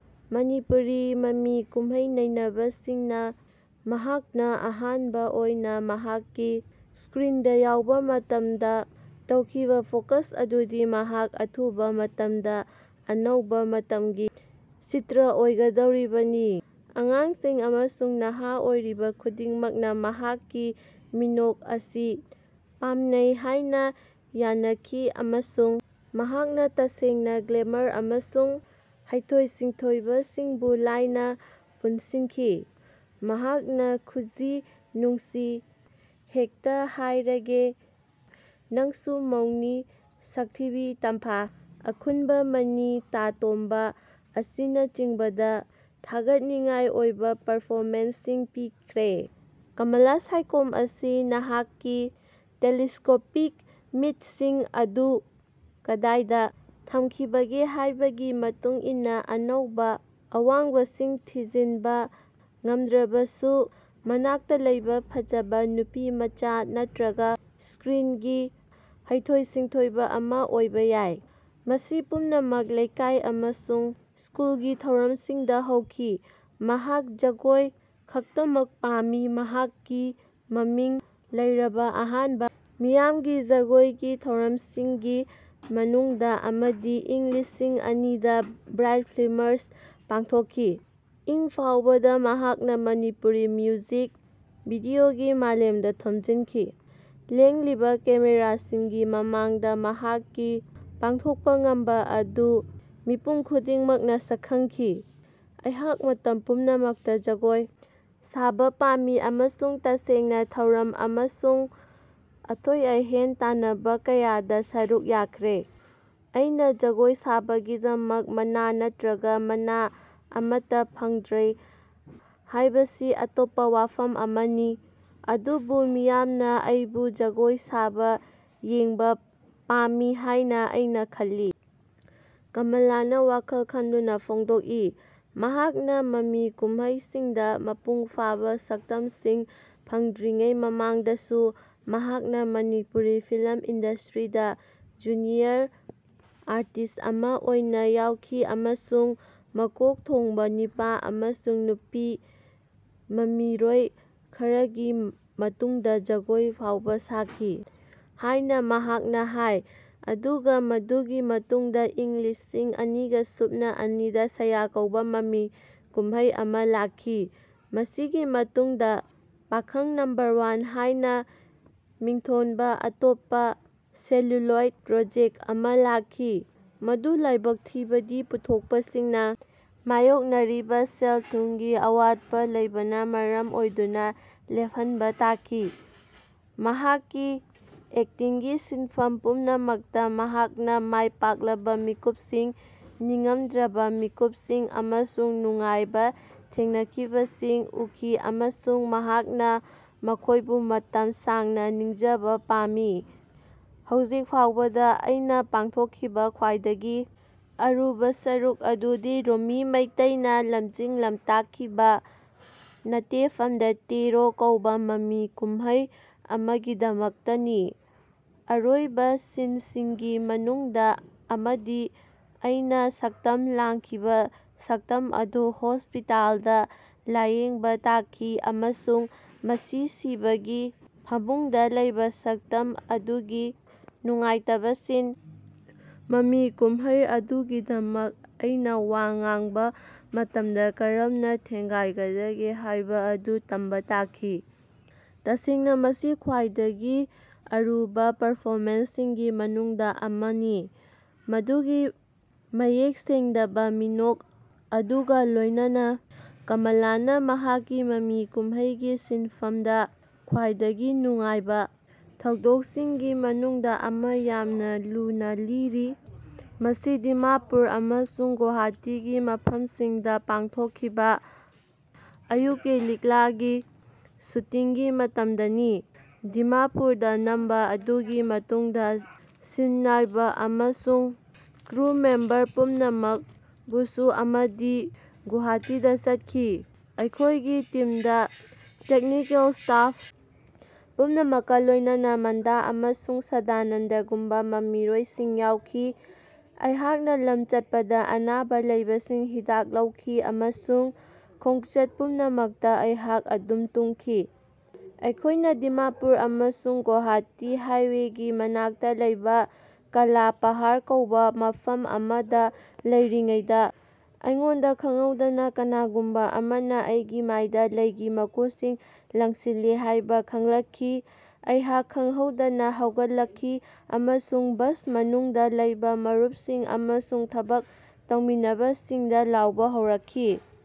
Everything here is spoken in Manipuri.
ꯃꯅꯤꯄꯨꯔꯤ ꯃꯃꯤ ꯀꯨꯝꯍꯩ ꯅꯩꯅꯕꯁꯤꯡꯅ ꯃꯍꯥꯛꯅ ꯑꯍꯥꯟꯕ ꯑꯣꯏꯅ ꯃꯍꯥꯛꯀꯤ ꯁ꯭ꯀ꯭ꯔꯤꯟꯗ ꯌꯥꯎꯕ ꯃꯇꯝꯗ ꯇꯧꯈꯤꯕ ꯐꯣꯔꯀꯥꯁꯠ ꯑꯗꯨꯗꯤ ꯃꯍꯥꯛ ꯑꯊꯨꯕ ꯃꯇꯝꯗ ꯑꯅꯧꯕ ꯃꯇꯝꯒꯤ ꯁ꯭ꯇꯥꯔ ꯑꯣꯏꯒꯗꯧꯔꯤꯕꯅꯤ꯫ ꯑꯉꯥꯡꯁꯤꯡ ꯑꯃꯁꯨꯡ ꯅꯍꯥ ꯑꯣꯏꯔꯤꯕ ꯈꯨꯗꯤꯡꯃꯛꯅ ꯃꯍꯥꯛꯀꯤ ꯃꯤꯅꯣꯛ ꯑꯁꯤ ꯄꯥꯝꯅꯩ ꯍꯥꯏꯅ ꯌꯥꯅꯈꯤ ꯑꯃꯁꯨꯡ ꯃꯍꯥꯛꯅ ꯇꯁꯦꯡꯅ ꯒ꯭ꯂꯦꯃꯔ ꯑꯃꯁꯨꯡ ꯍꯩꯊꯣꯏ-ꯁꯤꯡꯊꯣꯏꯕꯁꯤꯡꯕꯨ ꯂꯥꯏꯅ ꯄꯨꯟꯁꯤꯟꯈꯤ꯫ ꯃꯍꯥꯛꯅ ꯈꯨꯖꯤ, ꯅꯨꯡꯁꯤ ꯍꯦꯛꯇꯥ ꯍꯩꯔꯥꯒꯦ, ꯅꯪꯁꯨ ꯃꯧꯅꯤ, ꯁꯛꯊꯤꯕꯤ ꯇꯝꯐꯥ, ꯑꯈꯨꯟꯕꯥ ꯃꯅꯤ, ꯇꯥ ꯇꯣꯝꯕꯥ ꯑꯁꯤꯅꯆꯤꯡꯕꯗ ꯊꯥꯒꯠꯅꯤꯡꯉꯥꯏ ꯑꯣꯏꯕ ꯄꯔꯐꯣꯃꯦꯟꯁꯁꯤꯡ ꯄꯤꯈ꯭ꯔꯦ꯫ ꯀꯃꯂꯥ ꯁꯥꯏꯈꯣꯝ ꯑꯁꯤ ꯅꯍꯥꯛꯀꯤ ꯇꯦꯂꯤꯁ꯭ꯀꯣꯄꯤꯛ ꯃꯤꯠ(ꯁꯤꯡ) ꯑꯗꯨ ꯀꯗꯥꯏꯗ ꯊꯝꯈꯤꯕꯒꯦ ꯍꯥꯏꯕꯒꯤ ꯃꯇꯨꯡ ꯏꯟꯅ ꯑꯅꯧꯕ ꯑꯋꯥꯡꯕꯁꯤꯡ ꯊꯤꯖꯤꯟꯕ ꯉꯝꯗ꯭ꯔꯕꯁꯨ ꯃꯅꯥꯛꯇ ꯂꯩꯕ ꯐꯖꯔꯕ ꯅꯨꯄꯤꯃꯆꯥ ꯅꯠꯇ꯭ꯔꯒ ꯁ꯭ꯀ꯭ꯔꯤꯟꯒꯤ ꯍꯩꯊꯣꯏ-ꯁꯤꯡꯊꯣꯏꯕ ꯑꯃ ꯑꯣꯏꯕ ꯌꯥꯏ꯫ ꯃꯁꯤ ꯄꯨꯝꯅꯃꯛ ꯂꯩꯀꯥꯏ ꯑꯃꯁꯨꯡ ꯁ꯭ꯀꯨꯜꯒꯤ ꯊꯧꯔꯝꯁꯤꯡꯗ ꯍꯧꯈꯤ꯫ ꯃꯍꯥꯛ ꯖꯒꯣꯏ ꯈꯛꯇꯃꯛ ꯄꯥꯝꯃꯤ꯫ ꯃꯍꯥꯛꯀꯤ ꯃꯃꯤꯡ ꯂꯩꯔꯕ ꯑꯍꯥꯟꯕ ꯃꯤꯌꯥꯝꯒꯤ ꯖꯒꯣꯏꯒꯤ ꯊꯧꯔꯝꯁꯤꯡꯒꯤ ꯃꯅꯨꯡꯗ ꯑꯃꯗꯤ ꯏꯪ ꯂꯤꯁꯤꯡ ꯑꯅꯤꯗ ꯕ꯭ꯔꯥꯏꯠ ꯐꯤꯜꯃ꯭ꯁꯅ ꯄꯥꯡꯊꯣꯛꯈꯤ꯫ ꯏꯪ ꯐꯥꯎꯕꯗ ꯃꯍꯥꯛꯅ ꯃꯅꯤꯄꯨꯔꯤ ꯃ꯭ꯌꯨꯖꯤꯛ ꯚꯤꯗꯤꯑꯣꯒꯤ ꯃꯥꯂꯦꯝꯗ ꯊꯣꯝꯖꯤꯟꯈꯤ꯫ ꯂꯦꯡꯂꯤꯕ ꯀꯦꯃꯦꯔꯥꯁꯤꯡꯒꯤ ꯃꯃꯥꯡꯗ ꯃꯍꯥꯛꯀꯤ ꯄꯥꯡꯊꯣꯛꯄ ꯉꯝꯕ ꯑꯗꯨ ꯃꯤꯄꯨꯝ ꯈꯨꯗꯤꯡꯃꯛꯅ ꯁꯛꯈꯪꯈꯤ꯫ ꯑꯩꯍꯥꯛ ꯃꯇꯝ ꯄꯨꯝꯅꯃꯛꯇ ꯖꯒꯣꯏ ꯁꯥꯕ ꯄꯥꯝꯃꯤ ꯑꯃꯁꯨꯡ ꯇꯁꯦꯡꯅ ꯊꯧꯔꯝ ꯑꯃꯁꯨꯡ ꯑꯊꯣꯏ-ꯑꯍꯦꯟ ꯇꯥꯟꯅꯕ ꯀꯌꯥꯗ ꯁꯔꯨꯛ ꯌꯥꯈ꯭ꯔꯦ꯫ ꯑꯩꯅ ꯖꯒꯣꯏ ꯁꯥꯕꯒꯤꯗꯃꯛ ꯃꯅꯥ ꯅꯠꯇ꯭ꯔꯒ ꯃꯅꯥ ꯑꯃꯠꯇ ꯐꯪꯗ꯭ꯔꯤ ꯍꯥꯏꯕꯁꯤ ꯑꯇꯣꯞꯄ ꯋꯥꯐꯝ ꯑꯃꯅꯤ꯫ ꯑꯗꯨꯕꯨ ꯃꯤꯌꯥꯝꯅ ꯑꯩꯕꯨ ꯖꯒꯣꯏ ꯁꯥꯕ ꯌꯦꯡꯕ ꯄꯥꯝꯃꯤ ꯍꯥꯏꯅ ꯑꯩꯅ ꯈꯜꯂꯤ"꯫ ꯀꯃꯂꯥꯅ ꯋꯥꯈꯜ ꯈꯟꯗꯨꯅ ꯐꯣꯡꯗꯣꯛꯏ꯫ ꯃꯍꯥꯛꯅ ꯃꯃꯤ ꯀꯨꯝꯍꯩꯁꯤꯡꯗ ꯃꯄꯨꯡ ꯐꯥꯕ ꯁꯛꯇꯝꯁꯤꯡ ꯐꯪꯗ꯭ꯔꯤꯉꯩ ꯃꯃꯥꯡꯗꯁꯨ ꯃꯍꯥꯛꯅ ꯃꯅꯤꯄꯨꯔꯤ ꯐꯤꯜ꯭ꯃ ꯏꯟꯗꯁꯇ꯭ꯔꯤꯗ ꯖꯨꯅꯤꯌꯔ ꯑꯥꯔꯇꯤꯁꯠ ꯑꯃꯥ ꯑꯣꯏꯅ ꯌꯥꯎꯈꯤ ꯑꯃꯁꯨꯡ ꯃꯀꯣꯛ ꯊꯣꯡꯕ ꯅꯨꯄꯥ ꯑꯃꯁꯨꯡ ꯅꯨꯄꯤ ꯃꯃꯤꯔꯣꯏ ꯈꯔꯒꯤ ꯃꯇꯨꯡꯗ ꯖꯒꯣꯏ ꯐꯥꯎꯕ ꯁꯥꯈꯤ ꯍꯥꯏꯅ ꯃꯍꯥꯛꯅ ꯍꯥꯏ꯫ ꯑꯗꯨꯒ ꯃꯗꯨꯒꯤ ꯃꯇꯨꯡꯗ ꯏꯪ ꯂꯤꯁꯤꯡ ꯑꯅꯤꯒ ꯁꯨꯞꯅ ꯑꯅꯤꯗ ꯁꯥꯌꯥ ꯀꯧꯕ ꯃꯃꯤ ꯀꯨꯝꯍꯩ ꯑꯃ ꯂꯥꯛꯈꯤ꯫ ꯃꯁꯤꯒꯤ ꯃꯇꯨꯡꯗ ꯄꯥꯈꯡ ꯅꯝꯕꯔ ꯋꯥꯟ ꯍꯥꯏꯅ ꯃꯤꯡꯊꯣꯟꯕ ꯑꯇꯣꯞꯄ ꯁꯦꯂꯨꯂꯣꯏꯗ ꯄ꯭ꯔꯣꯖꯦꯛ ꯑꯃ ꯂꯥꯛꯈꯤ, ꯃꯗꯨ ꯂꯥꯏꯕꯛ ꯊꯤꯕꯗꯤ ꯄꯨꯊꯣꯛꯄꯁꯤꯡꯅ ꯃꯥꯌꯣꯛꯅꯔꯤꯕ ꯁꯦꯜ-ꯊꯨꯝꯒꯤ ꯑꯋꯥꯠꯄ ꯂꯩꯕꯅ ꯃꯔꯝ ꯑꯣꯏꯗꯨꯅ ꯂꯦꯞꯍꯟꯕ ꯇꯥꯈꯤ꯫ ꯃꯍꯥꯛꯀꯤ ꯑꯦꯛꯇꯤꯡꯒꯤ ꯁꯤꯟꯐꯝ ꯄꯨꯝꯅꯃꯛꯇ, ꯃꯍꯥꯛꯅ ꯃꯥꯏꯄꯥꯛꯂꯕ ꯃꯤꯀꯨꯞꯁꯤꯡ, ꯅꯤꯡꯉꯝꯗꯕꯒꯤ ꯃꯤꯀꯨꯞꯁꯤꯡ ꯑꯃꯁꯨꯡ ꯅꯨꯡꯉꯥꯏꯕ ꯊꯦꯡꯅꯈꯤꯕꯁꯤꯡ ꯎꯈꯤ ꯑꯃꯁꯨꯡ ꯃꯍꯥꯛꯅ ꯃꯈꯣꯏꯕꯨ ꯃꯇꯝ ꯁꯥꯡꯅ ꯅꯤꯡꯖꯕ ꯄꯥꯝꯃꯤ꯫ ꯍꯧꯖꯤꯛ ꯐꯥꯎꯕꯗ ꯑꯩꯅ ꯄꯥꯡꯊꯣꯛꯈꯤꯕ ꯈ꯭ꯋꯥꯏꯗꯒꯤ ꯑꯔꯨꯕ ꯁꯔꯨꯛ ꯑꯗꯨꯗꯤ ꯔꯣꯃꯤ ꯃꯩꯇꯩꯅ ꯂꯝꯖꯤꯡ-ꯂꯝꯇꯥꯛꯈꯤꯕ "ꯅꯥꯇꯦꯐꯝꯗꯥ ꯇꯦꯔꯣ" ꯀꯧꯕ ꯃꯃꯤ ꯀꯨꯝꯍꯩ ꯑꯃꯒꯤꯗꯃꯛꯇꯅꯤ꯫ ꯑꯔꯣꯏꯕ ꯁꯤꯟꯁꯤꯡꯒꯤ ꯃꯅꯨꯡꯗ ꯑꯃꯗ, ꯑꯩꯅ ꯁꯛꯇꯝ ꯂꯥꯡꯈꯤꯕ ꯁꯛꯇꯝ ꯑꯗꯨ ꯍꯣꯁꯄꯤꯇꯥꯜꯗ ꯂꯥꯌꯦꯡꯕ ꯇꯥꯈꯤ ꯑꯃꯁꯨꯡ ꯃꯁꯤ ꯁꯤꯕꯒꯤ ꯐꯃꯨꯡꯗ ꯂꯩꯕ ꯁꯛꯇꯝ ꯑꯗꯨꯒꯤ ꯅꯨꯡꯉꯥꯏꯇꯕ ꯁꯤꯟ ꯃꯃꯤ ꯀꯨꯝꯍꯩ ꯑꯗꯨꯃꯛꯇꯗ ꯑꯩꯅ ꯋꯥ ꯉꯥꯡꯕ ꯃꯇꯝꯗ ꯀꯔꯝꯅ ꯊꯦꯡꯒꯥꯏꯒꯗꯒꯦ ꯍꯥꯏꯕꯗꯨ ꯇꯝꯕ ꯇꯥꯈꯤ꯫ ꯇꯁꯦꯡꯅ ꯃꯁꯤ ꯈ꯭ꯋꯥꯏꯗꯒꯤ ꯑꯔꯨꯕ ꯄꯔꯐꯣꯃꯦꯟꯁꯁꯤꯡꯒꯤ ꯃꯅꯨꯡꯗ ꯑꯃꯅꯤ ꯫ ꯃꯗꯨꯒꯤ ꯃꯌꯦꯛ ꯁꯦꯡꯗꯕ ꯃꯤꯅꯣꯛ ꯑꯗꯨꯒ ꯂꯣꯏꯅꯅ, ꯀꯃꯂꯥꯅ ꯃꯍꯥꯛꯀꯤ ꯃꯃꯤ ꯀꯨꯝꯍꯩꯒꯤ ꯁꯤꯟꯐꯝꯗ ꯈ꯭ꯋꯥꯏꯗꯒꯤ ꯅꯨꯡꯉꯥꯏꯕ ꯊꯧꯗꯣꯛꯁꯤꯡꯒꯤ ꯃꯅꯨꯡꯗ ꯑꯃ ꯌꯥꯝꯅ ꯂꯨꯅ ꯂꯤꯔꯤ꯫ "ꯃꯁꯤ ꯗꯤꯃꯥꯄꯨꯔ ꯑꯃꯁꯨꯡ ꯒꯨꯋꯥꯍꯥꯇꯤꯒꯤ ꯃꯐꯝꯁꯤꯡꯗ ꯄꯥꯡꯊꯣꯛꯈꯤꯕ ꯑꯥꯌꯨꯛꯀꯤ ꯂꯤꯛꯂꯥꯒꯤ ꯁꯨꯇꯤꯡꯒꯤ ꯃꯇꯝꯗꯅꯤ꯫ ꯗꯤꯃꯥꯄꯨꯔꯗ ꯅꯝꯕ ꯑꯗꯨꯒꯤ ꯃꯇꯨꯡꯗ ꯁꯤꯟꯅꯥꯏꯕ ꯑꯃꯁꯨꯡ ꯀ꯭ꯔꯨ ꯃꯦꯝꯕꯔ ꯄꯨꯝꯅꯃꯛ ꯕꯁ ꯑꯃꯗ ꯒꯨꯋꯥꯍꯥꯇꯤꯗ ꯆꯠꯈꯤ꯫ ꯑꯩꯈꯣꯏꯒꯤ ꯇꯤꯝꯗ ꯇꯦꯛꯅꯤꯀꯦꯜ ꯁ꯭ꯇꯥꯐ ꯄꯨꯝꯅꯃꯛꯀ ꯂꯣꯏꯅꯅ ꯃꯟꯗꯥ ꯑꯃꯁꯨꯡ ꯁꯗꯥꯅꯟꯗꯒꯨꯝꯕ ꯃꯃꯤꯔꯣꯏꯁꯤꯡ ꯌꯥꯎꯈꯤ꯫ ꯑꯩꯍꯥꯛꯅ ꯂꯝ ꯆꯠꯄꯗ ꯑꯅꯥꯕ ꯂꯩꯕꯁꯤꯡ ꯍꯤꯗꯥꯛ ꯂꯧꯈꯤ ꯑꯃꯁꯨꯡ ꯈꯣꯡꯆꯠ ꯄꯨꯝꯅꯃꯛꯇ ꯑꯩꯍꯥꯛ ꯑꯗꯨꯝ ꯇꯨꯝꯈꯤ꯫ ꯑꯩꯈꯣꯏꯅ ꯗꯤꯃꯥꯄꯨꯔ ꯑꯃꯁꯨꯡ ꯒꯨꯋꯥꯍꯥꯇꯤ ꯍꯥꯏꯋꯦꯒꯤ ꯃꯅꯥꯛꯇ ꯂꯩꯕ ꯀꯥꯂꯥ ꯄꯍꯥꯔ ꯀꯧꯕ ꯃꯐꯝ ꯑꯃꯗ ꯂꯩꯔꯤꯉꯩꯗ ꯑꯩꯉꯣꯟꯗ ꯈꯡꯍꯧꯗꯅ ꯀꯅꯥꯒꯨꯝꯕ ꯑꯃꯅ ꯑꯩꯒꯤ ꯃꯥꯏꯗ ꯂꯩꯒꯤ ꯃꯀꯨꯁꯤꯡ ꯂꯪꯁꯤꯜꯂꯤ ꯍꯥꯏꯕ ꯈꯪꯂꯛꯈꯤ, ꯑꯩꯍꯥꯛ ꯈꯡꯍꯧꯗꯅ ꯍꯧꯒꯠꯂꯛꯈꯤ ꯑꯃꯁꯨꯡ ꯕꯁ ꯃꯅꯨꯡꯗ ꯂꯩꯕ ꯃꯔꯨꯞꯁꯤꯡ ꯑꯃꯁꯨꯡ ꯊꯕꯛ ꯇꯧꯃꯤꯟꯅꯕꯁꯤꯡꯗ ꯂꯥꯎꯕ ꯍꯧꯔꯛꯈꯤ꯫